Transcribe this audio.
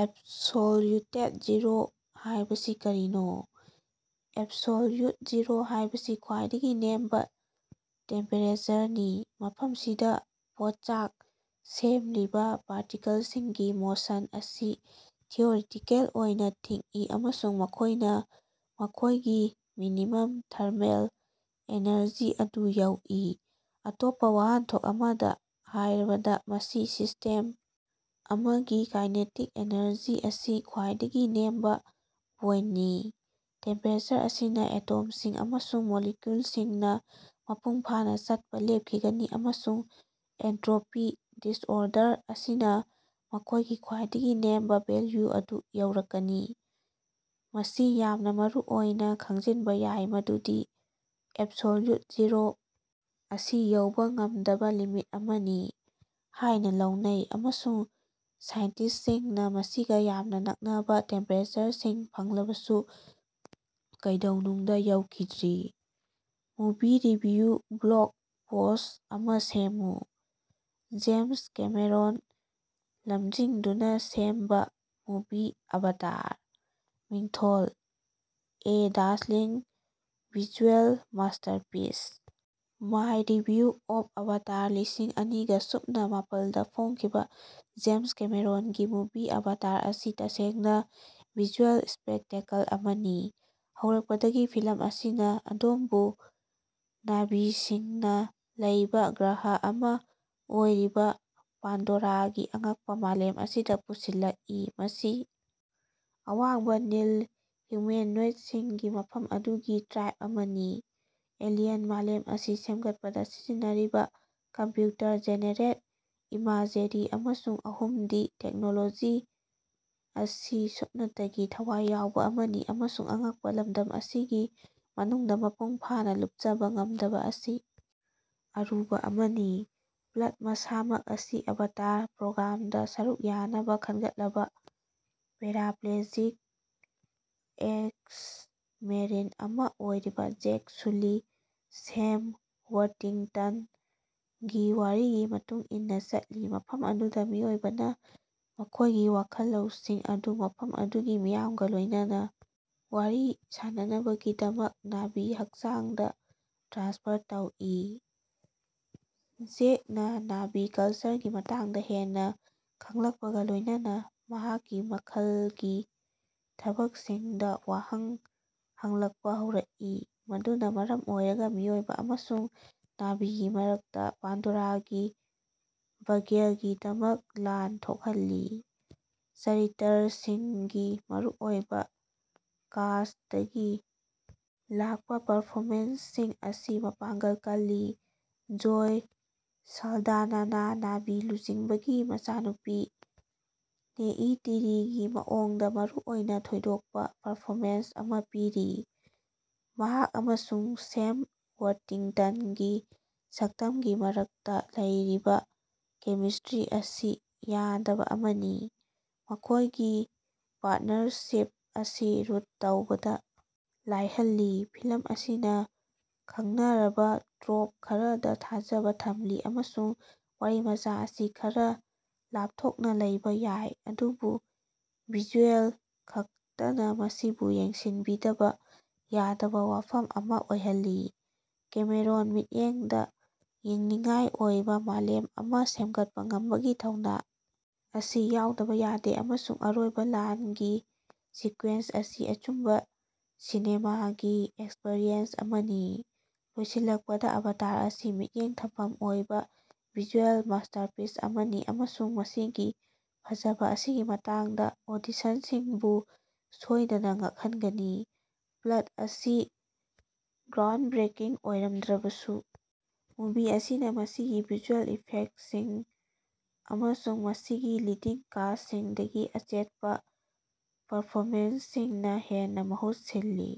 ꯑꯦꯕꯁꯣꯜꯌꯨꯇꯦꯗ zero ꯍꯥꯢꯕꯁꯤ ꯀꯔꯤꯅꯣ? Absolute zero ꯍꯥꯢꯕꯁꯤ ꯈ꯭ꯋꯥꯏꯗꯒꯤ ꯅꯦꯝꯕ ꯇꯦꯝꯄꯦꯔꯦꯆꯔꯅꯤ ꯃꯐꯝꯁꯤꯗꯥ ꯄꯣꯠꯆꯥꯛ ꯁꯦꯝꯂꯤꯕꯥ ꯄꯥꯔꯇꯤꯀꯜꯁꯤꯡꯒꯤ ꯃꯣꯁꯟ ꯑꯁꯤ ꯊꯤꯑꯣꯔꯤꯇꯤꯀꯦꯜ ꯑꯣꯏꯅ ꯊꯤꯡꯏ ꯑꯃꯁꯨꯡ ꯃꯈꯣꯢꯅ ꯃꯈꯣꯢꯒꯤ ꯃꯤꯅꯤꯃꯝ ꯊꯔꯃꯦꯜ ꯑꯦꯅꯔꯖꯤ ꯑꯗꯨ ꯌꯧꯏ꯫ ꯑꯇꯣꯞꯄꯥ ꯋꯥꯍꯟꯊꯣꯛ ꯑꯃꯗꯥ ꯍꯥꯢꯔꯕꯗ ꯃꯁꯤ ꯁꯤꯁꯇꯦꯝ ꯑꯃꯒꯤ ꯀꯥꯏꯅꯦꯇꯤꯛ ꯑꯦꯅꯔꯖꯤ ꯑꯁꯤ ꯈ꯭ꯋꯥꯏꯗꯒꯤ ꯅꯦꯝꯕ ꯄꯣꯏꯟꯇꯅꯤ꯫ ꯇꯦꯝꯄꯦꯔꯦꯆꯔ ꯑꯁꯤꯅ ꯑꯦꯇꯣꯝꯁꯤꯡ ꯑꯃꯁꯨꯡ ꯃꯣꯂꯤꯀ꯭ꯌꯨꯜꯁꯤꯡꯅ ꯃꯄꯨꯡꯐꯥꯅ ꯆꯠꯄ ꯂꯦꯞꯈꯤꯒꯅꯤ ꯑꯃꯁꯨꯡ ꯑꯦꯟꯇ꯭ꯔꯣꯄꯤ (ꯗꯤꯁꯑꯣꯔꯗꯔ) ꯑꯁꯤꯅꯥ ꯃꯈꯣꯢꯒꯤ ꯈ꯭ꯋꯥꯏꯗꯒꯤ ꯅꯦꯝꯕ ꯚꯦꯜꯌꯨ ꯑꯗꯨ ꯌꯧꯔꯛꯀꯅꯤ꯫ ꯃꯁꯤ ꯌꯥꯝꯅ ꯃꯔꯨꯑꯣꯏꯅ ꯈꯪꯖꯤꯟꯕ ꯌꯥꯏ ꯃꯗꯨꯗꯤ ꯑꯦꯕꯁꯣꯜꯌꯨꯠ ꯖꯤꯔꯣ ꯑꯁꯤ ꯌꯧꯕꯥ ꯉꯝꯗꯕꯥ ꯂꯤꯃꯤꯠ ꯑꯃꯅꯤ ꯍꯥꯢꯅ ꯂꯧꯅꯩ ꯑꯃꯁꯨꯡ ꯁꯥꯏꯟꯇꯤꯁ꯭ꯇꯁꯤꯡꯅ ꯃꯁꯤꯒꯥ ꯌꯥꯝꯅ ꯅꯛꯅꯕ ꯇꯦꯝꯄꯦꯔꯦꯆꯔꯁꯤꯡ ꯐꯪꯂꯕꯁꯨ ꯀꯩꯗꯧꯅꯨꯡꯗ ꯌꯧꯈꯤꯗ꯭ꯔꯤ꯫ ꯃꯨꯚꯤ ꯔꯤꯚꯤꯌꯨ ꯕ꯭ꯂꯣꯒ ꯄꯣꯁ꯭ꯠ ꯑꯃꯥ ꯁꯦꯝꯃꯨ꯫ ꯖꯦꯃꯁ ꯀꯦꯃꯦꯔꯣꯟ ꯂꯃꯖꯤꯡꯗꯨꯅ ꯁꯦꯝꯕ ꯃꯨꯚꯤ ꯑꯚꯥꯇꯥꯔ꯫ ꯃꯤꯡꯊꯣꯜ: a dazzling visual masterpiece: my review of Avatar ꯂꯤꯁꯤꯡ ꯑꯅꯤꯒ ꯁꯨꯞꯅ ꯃꯥꯄꯜꯗꯥ ꯐꯣꯡꯈꯤꯕ ꯖꯦꯃꯁ ꯀꯦꯃꯦꯔꯣꯟꯒꯤ ꯃꯨꯚꯤ ꯑꯚꯥꯇꯔ ꯑꯁꯤ ꯇꯁꯦꯡꯅ ꯚꯤꯖꯨꯑꯦꯜ ꯁ꯭ꯄꯦꯛꯇꯦꯀꯜ ꯑꯃꯅꯤ꯫ ꯍꯧꯔꯛꯄꯗꯒꯤ ꯐꯤꯂꯝ ꯑꯁꯤꯅ ꯑꯗꯣꯝꯕꯨ ꯅꯥꯚꯤꯁꯤꯡꯅꯥ ꯂꯩꯕꯥ ꯒ꯭ꯔꯍ ꯑꯃ ꯑꯣꯏꯔꯤꯕ ꯄꯥꯟꯗꯣꯔꯥꯒꯤ ꯑꯉꯛꯄ ꯃꯥꯂꯦꯝ ꯑꯁꯤꯗ ꯄꯨꯁꯤꯜꯂꯛꯏ ꯃꯁꯤ ꯑꯋꯥꯡꯕꯥ, ꯅꯤꯜ ꯍ꯭ꯌꯨꯃꯦꯅꯣꯏꯗꯁꯤꯡꯒꯤ ꯃꯐꯝ ꯑꯗꯨꯒꯤ ꯇ꯭ꯔꯥꯏꯕ ꯑꯃꯅꯤ꯫ ꯑꯦꯂꯤꯌꯟ ꯃꯥꯂꯦꯝ ꯑꯁꯤ ꯁꯦꯝꯒꯠꯄꯗ ꯁꯤꯖꯤꯟꯅꯔꯤꯕꯥ ꯀꯝꯄ꯭ꯌꯨꯇꯔ ꯖꯦꯅꯦꯔꯦꯠ ꯏꯃꯥꯖꯦꯔꯤ ꯑꯃꯁꯨꯡ ꯑꯍꯨꯝꯗꯤ ꯇꯦꯛꯅꯣꯂꯣꯖꯤ ꯑꯁꯤ ꯁꯨꯞꯅꯇꯒꯤ ꯊꯋꯥꯏ ꯌꯥꯎꯕꯥ ꯑꯃꯅꯤ ꯑꯃꯁꯨꯡ ꯑꯉꯛꯄ ꯂꯝꯗꯝ ꯑꯁꯤꯒꯤ ꯃꯅꯨꯡꯗ ꯃꯄꯨꯡ ꯐꯥꯅ ꯂꯨꯞꯆꯕ ꯉꯝꯗꯕ ꯑꯁꯤ ꯑꯔꯨꯕ ꯑꯃꯅꯤ꯫ ꯄ꯭ꯂꯠ ꯃꯁꯥꯃꯛ ꯑꯁꯤ ꯑꯚꯇꯥꯔ ꯄ꯭ꯔꯣꯒ꯭ꯔꯥꯝꯗ ꯁꯔꯨꯛ ꯌꯥꯅꯕ ꯈꯟꯒꯠꯂꯕ ꯄꯦꯔꯥꯄ꯭ꯂꯦꯖꯤꯛ ꯑꯦꯛꯁ-ꯃꯦꯔꯤꯟ ꯑꯃ ꯑꯣꯏꯔꯤꯕ ꯖꯦꯛ ꯁꯨꯂꯤ (ꯁꯦꯝ ꯋꯔꯇꯤꯡꯇꯟ)ꯒꯤ ꯋꯥꯔꯤꯒꯤ ꯃꯇꯨꯡ ꯏꯟꯅ ꯆꯠꯂꯤ ꯃꯐꯝ ꯑꯗꯨꯗ ꯃꯤꯑꯣꯏꯕꯅ ꯃꯈꯣꯢꯒꯤ ꯋꯥꯈꯜ ꯂꯧꯁꯤꯡ ꯑꯗꯨ ꯃꯐꯝ ꯑꯗꯨꯒꯤ ꯃꯤꯌꯥꯝꯒ ꯂꯣꯢꯅꯅꯥ ꯋꯥꯔꯤ ꯁꯥꯅꯅꯕꯒꯤꯗꯃꯛ ꯅꯥꯚꯤ ꯍꯛꯆꯥꯡꯗ ꯇ꯭ꯔꯥꯟꯁꯐꯔ ꯇꯧꯏ꯫ ꯖꯦꯛꯅꯥ ꯅꯥꯚꯤ ꯀꯜꯆꯔꯒꯤ ꯃꯇꯥꯡꯗ ꯍꯦꯟꯅ ꯈꯡꯂꯛꯄꯒ ꯂꯣꯢꯅꯅꯥ ꯃꯍꯥꯛꯀꯤ ꯃꯈꯜꯒꯤ ꯊꯕꯛꯁꯤꯡꯗꯥ ꯋꯥꯍꯪ ꯍꯪꯂꯛꯄꯥ ꯍꯧꯔꯛꯏ ꯃꯗꯨꯅ ꯃꯔꯝ ꯑꯣꯏꯔꯒ ꯃꯤꯑꯣꯏꯕ ꯑꯃꯁꯨꯡ ꯅꯥꯚꯤꯒꯤ ꯃꯔꯛꯇ ꯄꯥꯟꯗꯣꯔꯥꯒꯤ ꯚꯥꯒ꯭ꯌꯒꯤꯗꯃꯛ ꯂꯥꯟ ꯊꯣꯛꯍꯜꯂꯤ꯫ ꯆꯔꯤꯇꯔꯁꯤꯡꯒꯤ ꯃꯔꯨꯑꯣꯏꯕ ꯀꯥꯁ꯭ꯇꯇꯒꯤ ꯂꯥꯛꯄ ꯄꯔꯐꯣꯃꯦꯟꯁꯁꯤꯡ ꯑꯁꯤ ꯃꯄꯥꯡꯒꯜ ꯀꯜꯂꯤ ꯖꯣꯏ ꯁꯥꯂꯗꯥꯅꯥꯅꯥ ꯅꯥꯚꯤ ꯂꯨꯆꯤꯡꯕꯒꯤ ꯃꯆꯥꯅꯨꯄꯤ ꯅꯦꯏꯇꯤꯔꯤꯒꯤ ꯃꯑꯣꯡꯗ ꯃꯔꯨꯑꯣꯏꯅ ꯊꯣꯏꯗꯣꯛꯄ ꯄꯔꯐꯣꯃꯦꯟꯁ ꯑꯃ ꯄꯤꯔꯤ꯫ ꯃꯍꯥꯛ ꯑꯃꯁꯨꯡ ꯁꯦꯝ ꯋꯔꯇꯤꯡꯇꯟꯒꯤ ꯁꯛꯇꯝꯒꯤ ꯃꯔꯛꯇ ꯂꯩꯔꯤꯕꯥ ꯀꯦꯃꯤꯁꯇ꯭ꯔꯤ ꯑꯁꯤ ꯌꯥꯗꯕ ꯑꯃꯅꯤ ꯃꯈꯣꯢꯒꯤ ꯄꯥꯔꯇꯅꯔꯁꯤꯞ ꯑꯁꯤ ꯔꯨꯠ ꯇꯧꯕꯗ ꯂꯥꯏꯍꯜꯂꯤ꯫ ꯐꯤꯂꯝ ꯑꯁꯤꯅ ꯈꯡꯅꯔꯕ ꯇ꯭ꯔꯣꯞ ꯈꯔꯗꯥ ꯊꯥꯖꯕ ꯊꯝꯂꯤ ꯑꯃꯁꯨꯡ ꯋꯥꯔꯤꯃꯆꯥ ꯑꯁꯤ ꯈꯔ ꯂꯥꯞꯊꯣꯛꯅ ꯂꯩꯕꯥ ꯌꯥꯏ ꯑꯗꯨꯕꯨ ꯚꯤꯖꯨꯑꯦꯜ ꯈꯛꯇꯅ ꯃꯁꯤꯕꯨ ꯌꯦꯡꯁꯤꯟꯕꯤꯗꯕ ꯌꯥꯗꯕ ꯋꯥꯐꯝ ꯑꯃ ꯑꯣꯏꯍꯜꯂꯤ꯫ ꯀꯦꯃꯦꯔꯣꯟ ꯃꯤꯠꯌꯦꯡꯗ ꯌꯦꯡꯅꯤꯡꯉꯥꯏ ꯑꯣꯏꯕ ꯃꯥꯂꯦꯝ ꯑꯃ ꯁꯦꯝꯒꯠꯄ ꯉꯝꯕꯒꯤ ꯊꯧꯅꯥ ꯑꯁꯤ ꯌꯥꯎꯗꯕ ꯌꯥꯗꯦ ꯑꯃꯁꯨꯡ ꯑꯔꯣꯏꯕ ꯂꯥꯟꯒꯤ ꯁꯤꯀ꯭ꯋꯦꯟꯁ ꯑꯁꯤ ꯑꯆꯨꯝꯕꯥ ꯁꯤꯅꯦꯃꯥꯒꯤ ꯑꯦꯛꯁꯄꯔꯤꯌꯦꯟꯁ ꯑꯃꯅꯤ꯫ ꯂꯣꯏꯁꯤꯜꯂꯛꯄꯗ ꯑꯚꯇꯥꯔ ꯑꯁꯤ ꯃꯤꯠꯌꯦꯡ ꯊꯝꯐꯝ ꯑꯣꯏꯕ ꯚꯤꯖꯨꯑꯦꯜ ꯃꯥꯁꯇꯔꯄꯤꯁ ꯑꯃꯅꯤ ꯑꯃꯁꯨꯡ ꯃꯁꯤꯒꯤ ꯐꯖꯕ ꯑꯁꯤꯒꯤ ꯃꯇꯥꯡꯗ ꯑꯣꯗꯤꯁꯟꯁꯤꯡꯕꯨ ꯁꯣꯏꯗꯅ ꯉꯛꯍꯟꯒꯅꯤ꯫ ꯄ꯭ꯂꯠ ꯑꯁꯤ ꯒ꯭ꯔꯥꯎꯟꯗꯕ꯭ꯔꯦꯀꯤꯡ ꯑꯣꯏꯔꯝꯗ꯭ꯔꯕꯁꯨ ꯃꯨꯚꯤ ꯑꯁꯤꯅ ꯃꯁꯤꯒꯤ ꯚꯤꯖꯨꯑꯦꯜ ꯏꯐꯦꯛꯇꯁꯤꯡ ꯑꯃꯁꯨꯡ ꯃꯁꯤꯒꯤ ꯂꯤꯗꯤꯡ ꯀꯥꯁ꯭ꯇꯁꯤꯡꯗꯒꯤ ꯑꯆꯦꯠꯄ ꯄꯔꯐꯣꯃꯦꯟꯁꯁꯤꯡꯅ ꯍꯦꯟꯅ ꯃꯍꯨꯠ ꯁꯤꯜꯂꯤ꯫